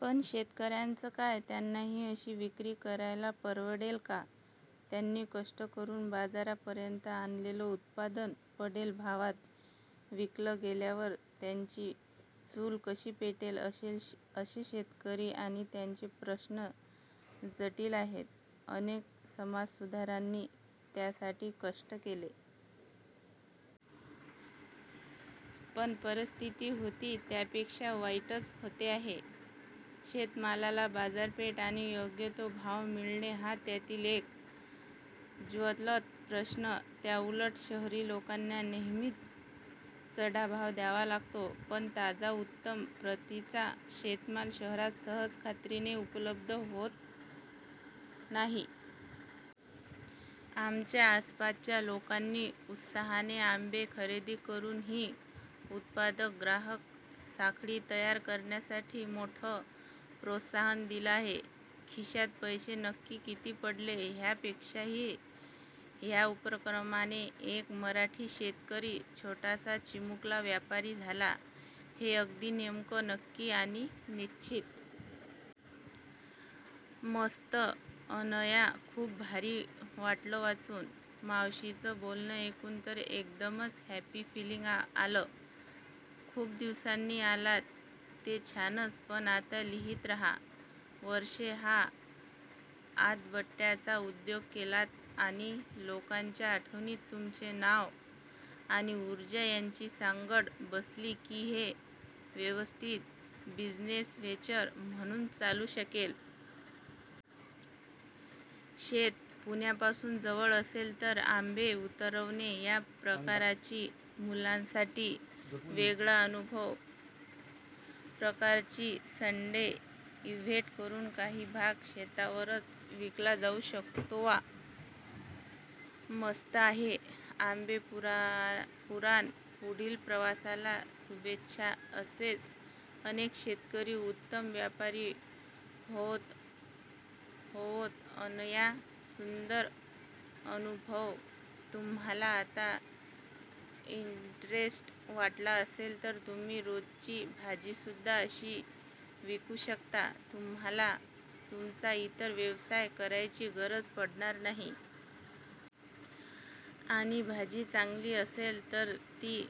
पण शेतकऱ्यांचं काय? त्यांना ही अशी विक्री करायला परवडेल का? त्यांनी कष्ट करून बाजारापर्यंत आणलेलं उत्पादन पडेल भावात विकलं गेल्यावर त्यांची चूल कशी पेटत असेल? शेतकरी आणि त्यांचे प्रश्न जटिल आहेत. अनेक समाजधुरीणांनी त्यासाठी कष्ट केले. पण परिस्थिती होती त्यापेक्षा वाईटच होते आहे. शेतमालाला बाजारपेठ आणि योग्य तो भाव मिळणे, हा त्यातील एक ज्वलंत प्रश्न. त्याउलट शहरी लोकांना नेहमीच चढा भाव द्यावा लागतो. पण ताजा, उत्तम प्रतीचा शेतमाल शहरात सहज खात्रीने उपलब्ध होत नाही. आमच्या आसपासच्या लोकांनी उत्साहाने आंबे खरेदी करून ही उत्पादक-ग्राहक साखळी तयार करण्यासाठी मोठं प्रोत्साहन दिलं आहे. खिशात पैसे नक्की किती पडले? ह्या पेक्षाही ह्या उपक्रमाने एक मराठी शेतकरी छोटासा, चिमुकला व्यापारी झाला, हे अगदी नेमकं, नक्की आणि निश्चित!! मस्त अनया. खूप भारी वाटलं वाचुन. मावशीचं बोलणं ऐकुन तर एकदमचं हॅपी फीलिंग आलं. खुप दिवसांनी आलात ते छानच पण आता लिहीत रहा. वर्षे हा आतबट्ट्याचा उद्योग केलात आणि लोकांच्या आठवणीत तुमचे नाव आणि दर्जा यांची सांगड बसली की हे व्यवस्थित बिझनेस व्हेंचर म्हणून चालू शकेल. शेत पुण्यापासून जवळ असेल तर "आंबे उतरवणे " या प्रकाराची " मुलांसाठी वेगळा अनुभव" प्रकारची -संडे इव्हेंट करुन काही भाग शेतावरच विकला जाऊ शकतोवा, मस्त आहे आंबेपुराण.. पुढील प्रवासाला शुभेच्छाअसेच अनेक शेतकरी उत्तम व्यापारी होवोतअनया, सुंदर अनुभवतुम्हाला आता इंटरेस्ट वाढला असेल तर तुम्ही रोजची भाजीसुदधा अशी विकू शकता, तुम्हाला तुमचा इतर व्यवसाय करायची गरज पडणार नाही. आणि भाजी चांगली असेल तर ती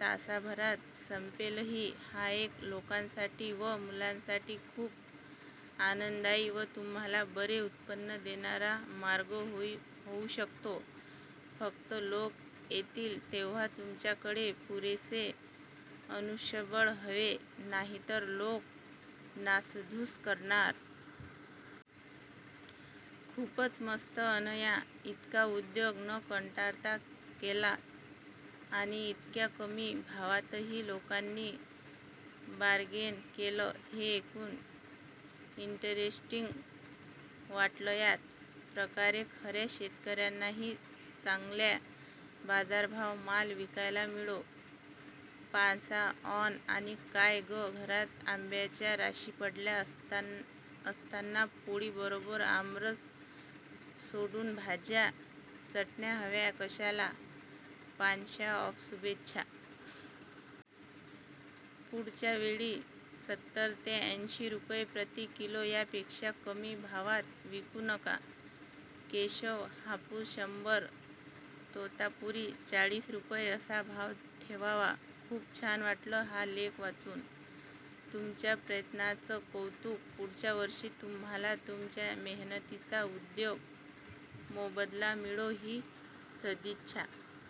तासाभरात संपेलही. हा एक लोकांसाठी व मुलांसाठी खूप आनंददायी व तुम्हाला बरे उत्पन्न देणारा मार्ग होऊ शकतो, फक्त लोक येतील तेव्हा तुमच्या कडे पुरेसे मनुष्यबळ हवे. नाहीतर लोक नासधूस करणार. खूपच मस्त अनया. इतका उद्योग न कंटाळता केलात, आणि इतक्या कमी भावातही लोकांनी बारगेन केलं हे ऐकून इंटरेस्टिंग वाटलंयाच प्रकारे खऱ्या शेतकऱ्यांनाही चांगल्या बाजारभावात माल विकायला मिळो. पांशा ऑन 'आणि काय गं, घरात आंब्याच्या राशी पडल्या असताना पोळी बरोबर आमरस सोडून भाज्या चटण्या हव्या कशाला' पांशा ऑफशुभेच्छा!! पुढच्या वेळी सत्तर ते ऐंशी रुपये प्रति किलो या पेक्षा कमी भावात विकू नका. केशर, हापूस शंभर, तोतापुरी चाळीस रुपये असा भाव ठेवावा. खूप छान वाटलं हा लेख वाचून. तुमच्या प्रयत्नांच कौतुक. पुढच्या वर्षी तुम्हाला तुमच्या मेहनतीचा योग्य मोबदला मिळो ही सदिच्छा.